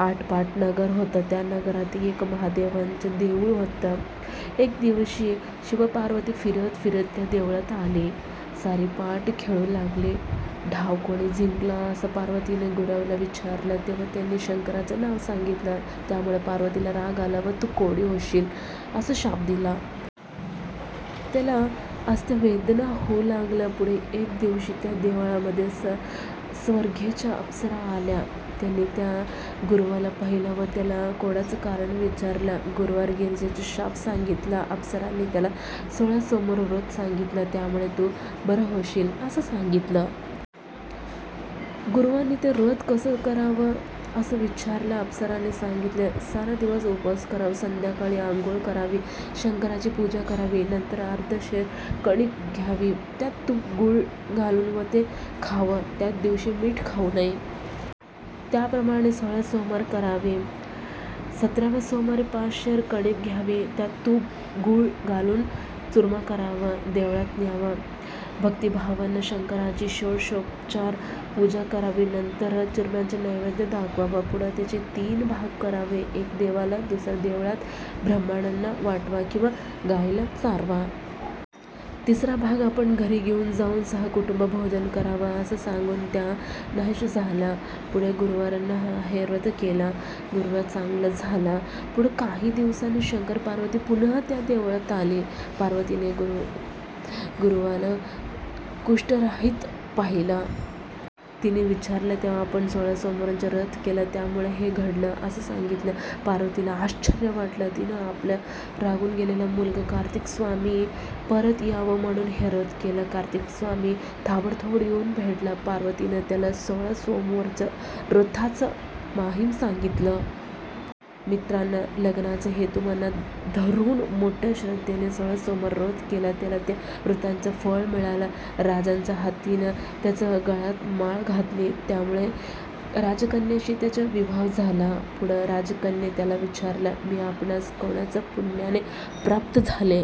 आटपाट नगर होतं. त्या नगरात एक महादेवाचं देऊळ होतं. एके दिवशी शिव-पार्वती फिरता-फिरता त्या देवळात आली. सारीपाट खेळू लागली. डाव कोणी जिंकला असं पार्वतीनं गुरवाला विचारलं, तेव्हा त्यानं शंकराचं नाव सांगितलं. त्यामुळे पार्वतीला राग आला व तू कोडी होशील, असा शाप दिला. त्याला असह्य वेदना होऊ लागल्या. पुढे एके दिवशी, त्या देवळामध्ये स्वर्गीच्या अप्सरा आल्या. त्यांनी त्या गुरवाला पाहिलं व त्याला कोडाचं कारण विचारलं. गुरवानं गिरिजेचा शाप सांगितला. अप्सरांनी त्याला सोळा सोमवारचं व्रत सांगितलं. त्यामुळे तू बरा होशील, असं सांगितलं. गुरवानी ते व्रत कसं करावं. असं विचारलं. अप्सरांनी सांगितलं, सारा दिवस उपवास करावा. संध्याकाळी आंघोळ करावी. शंकराची पूजा करावी. नंतर अर्धा शेर कणीक घ्यावी, त्यात तूप-गूळ घालावं व ते खावं. त्या दिवशी मीठ खाऊ नये. त्याप्रमाणे सोळा सोमवार करावे. सतराव्या सोमवारी पाच शेर कणीक घ्यावी. त्यात तूप गूळ घालून चुर्मा करावा. देवळात न्यावा. भक्तिभावानं शंकरांची षोडशोपचारे पूजा करावी. नंतर चुर्म्याचा नैवेद्य दाखवावा. पुढं त्याचे तीन भाग करावे. एक देवाला, दुसरा देवळात ब्राह्मणांना वाटावा किंवा गायीला चारावा. तिसरा भाग आपण घरी घेऊन जाऊन सहकुटुंब भोजन करावं. असं सांगून त्या नाहीशा झाल्या. पुढं गुरवानं हे व्रत केलं. गुरव चांगला झाला. पुढं काही दिवसांनी शंकर-पार्वती पुन्हा त्या देवळात आली. पार्वतीनं गुरवाला कुष्ठरहित पाहिलं. तिनं विचारलं तेव्हा आपण सोळा सोमवाराचं व्रत केलं; त्यामुळे हे घडलं. असं सांगितलं. पार्वतीला आश्चर्य वाटलं. तिनं आपला रागावून गेलेला मुलगा कार्तिकस्वामी परत यावा, म्हणून हे व्रत केलं. कार्तिकस्वामी ताबडतोब येऊन भेटला. पार्वतीनं त्याला सोळा सोमवारच्या व्रताचा महिमा सांगितला. मित्रानं लग्नाचा हेतू मनात धरून मोठ्या श्रद्धेनं सोळा सोमवारचं व्रत केलं. त्याला त्या व्रताचं फळ मिळालं. राजाच्या हत्तीनं त्याच्या गळ्यात माळ घातली. त्यामुळे राजकन्येशी त्याचा विवाह झाला. पुढं राजकन्येने त्याला विचारलं, मी आपणास कोणत्या पुण्यानं प्राप्त झाले?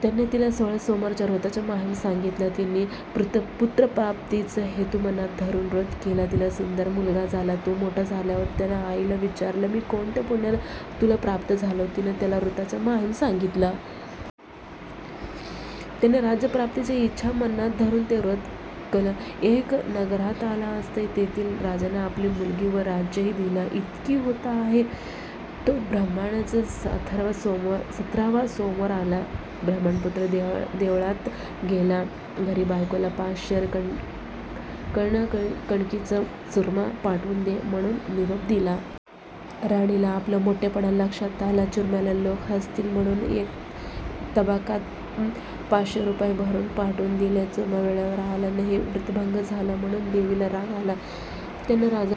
त्याने तिला सोळा सोमवारच्या व्रताचा महिमा सांगितला. तिनं पुत्रप्राप्तीचा हेतू मनात धरून व्रत केलं. तिला सुंदर मुलगा झाला. तो मोठा झाल्यावर त्यानं आईला विचारलं, मी कोणत्या पुण्यान तुला प्राप्त झालो? तिनं त्याला व्रताचा महिमा सांगितला. त्यानं राज्यप्राप्तीची इच्छा मनात धरून ते व्रत कल. एका नगरात आला असता तेथील राजानं आपली मुलगी व राज्यही दिलं. इतकं होत आहे, तो ब्राह्मणाचा सतरावा सोमवार आला. ब्राह्मणपुत्र देवळात गेला. घरी बायकोला पाच शेर कणकीचा चुर्मा पाठवून दे, म्हणून निरोप दिला. राणीला आपला मोठेपणा लक्षात आला. चुर्म्याला लोक हसतील, म्हणून एका तबकात पाचशे रुपये भरून पाठवून दिले. चुर्मा वेळेवर आला नाही, व्रतभंग झाला; म्हणून देवीला राग आला. त्यानं राजाला